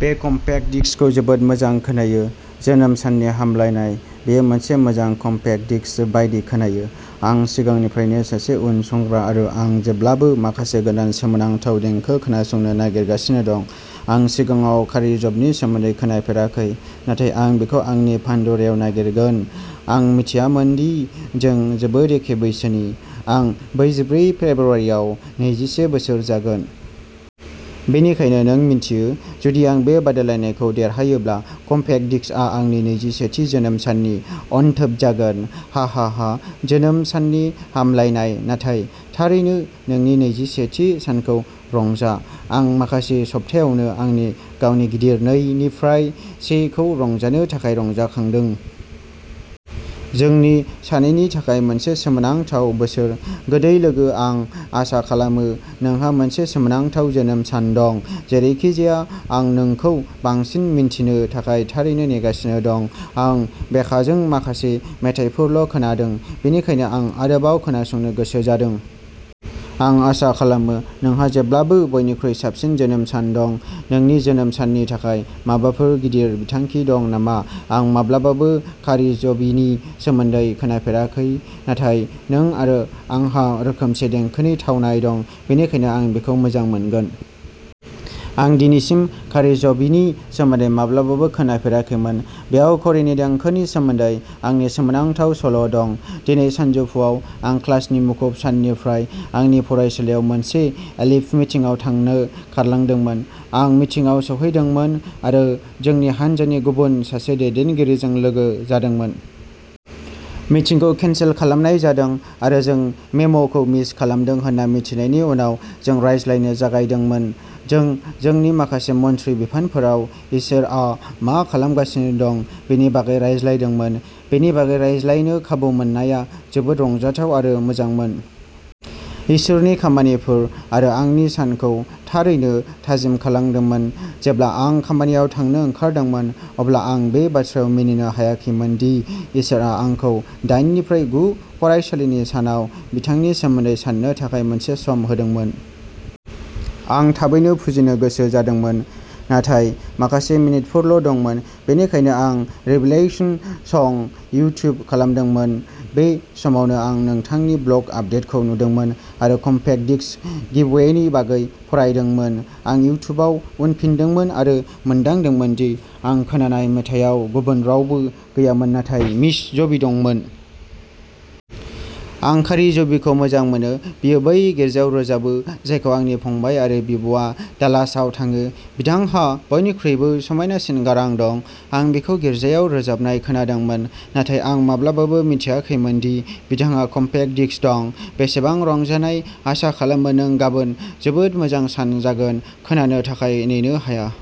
बे कमपेक्ट डिस्कखौ जोबोद मोजां खोनायो। जोनोम साननि हामलायनाय, बेयो मोनसे मोजां कमपेक्ट डिस्क बायदि खोनायो। आं सिगांनिफ्रायनो सासे उनसंग्रा आरो आं जेब्लाबो माखासे गोदान सोमोनांथाव देंखो खोनासंनो नागिरगासिनो दं। आं सिगाङाव कारि जबनि सोमोन्दै खोनाफेराखै, नाथाय आं बेखौ आंनि पान्ड'रायाव नागिरगोन, आं मिथियामोन दि जों जोबोद एखे बैसोनि, आं बैजिब्रै फेब्रुवारियाव नैजिसे बोसोर जागोन। बेनिखायनो नों मिन्थियो, जुदि आं बे बादायलायनायखौ देरहायोब्ला कमपेक्ट डिस्कआ आंनि नैजिसेथि जोनोम साननि अनथोब जागोन। हाहाहा जोनोम साननि हामलायनाय नाथाय, थारैनो नोंनि नैजिसेथि सानखौ रंजा। आं माखासे सप्तायावनो आंनि गावनि गिदिर नै निफ्राय से खौ रंजानो थाखाय रंजाखांदों। जोंनि सानैनि थाखाय मोनसे सोमोनांथाव बोसोर, गोदै लोगो आं आसा खालामो नोंहा मोनसे सोमोनांथाव जोनोम सान दं। जेरैखिजाया, आं नोंखौ बांसिन मिन्थिनो थाखाय थारैनो नेगासिनो दं। आं बेकाजों माखासे मेथाइफोरल' खोनादों, बेनिखायनो आं आरोबाव खोनासंनो गोसो जादों। आं आसा खालामो नोंहा जेब्लाबो बयनिख्रुइ साबसिन जोनोम सान दं, नोंनि जोनोम साननि थाखाय माबाफोर गिदिर बिथांखि दं नामा? आं माब्लाबाबो कारी ज'बिनि सोमोन्दै खोनाफेराखै, नाथाय नों आरो आंहा रोखोमसे देंखोनि थावनाय दं, बेनिखायनो आं बेखौ मोजां मोनगोन। आं दिनैसिम कारी ज'बिनि सोमोन्दै माब्लाबाबो खोनाफेराखैमोन। बेयाव करीनि देंखोनि सोमोन्दै आंनि सोमोनांथाव सल'दं। दिनै सानजौफुआव, आं क्लासनि मुखुब साननिफ्राय आंनि फरायसालियाव मोनसे एलिफ मिटिंआव थांनो खारलांदोंमोन। आं मिटिंआव सौहैदोंमोन आरो जोंनि हान्जानि गुबुन सासे दैदेनगिरिजों लोगो जादोंमोन। मिटिंखौ केनसेल खालामनाय जादों आरो जों मेम'खौ मिस खालामदों होन्ना मिथिनायनि उनाव जों रायज्लायनो जागायदोंमोन। जों जोंनि माखासे मन्थ्रि बिफानफोराव इसोरआ मा खालामगासिनो दं बेनि बागै रायज्लायदोंमोन। बेनि बागै रायज्लायनो खाबु मोननाया जोबोद रंजाथाव आरो मोजांमोन। इसोरनि खामानिफोर आरो आंनि सानखौ थारैनो थाजिम खालामदोंमोन। जेब्ला आं खामानियाव थांनो ओंखारदोंमोन, अब्ला आं बे बाथ्रायाव मिनिनो हायाखैमोन दि इसोरआ आंखौ दाइननिफ्राय गु फरायसालिनि सानाव बिथांनि सोमोन्दै साननो थाखाय मोनसे सम होदोंमोन। आं थाबैनो फुजिनो गोसो जादोंमोन, नाथाय माखासे मिनितफोरल' दंमोन, बेनिखायनो आं "रेभिलेशन सं" इउट्युब खालामदोंमोन। बे समावनो आं नोंथांनि ब्लग आपदेटखौ नुदोंमोन आरो कमपेक्ट डिस्क गिवअवेनि बागै फरायदोंमोन। आं इउट्युबआव उनफिनदोंमोन आरो मोनदांदोंमोन दि आं खोनानाय मेथाइयाव गुबुन रावबो गैयामोन नाथाय मिस जुबि दंमोन। आं कारी ज'बिखौ मोजां मोनो। बियो बै गिर्जायाव रोजाबो जायखौ आंनि फंबाय आरो बिब'आ डालासआव थाङो, बिथांहा बयनिख्रुइबो समायनासिन गारां दं। आं बिखौ गिर्जायाव रोजाबनाय खोनादोंमोन नाथाय आं माब्लाबाबो मिन्थियाखैमोन दि बिथांहा कमपेक्ट डिस्क दं, बेसेबां रंजानाय आसा खालामो नों गाबोन जोबोद मोजां सान जागोन खोनानो थाखाय नेनो हाया।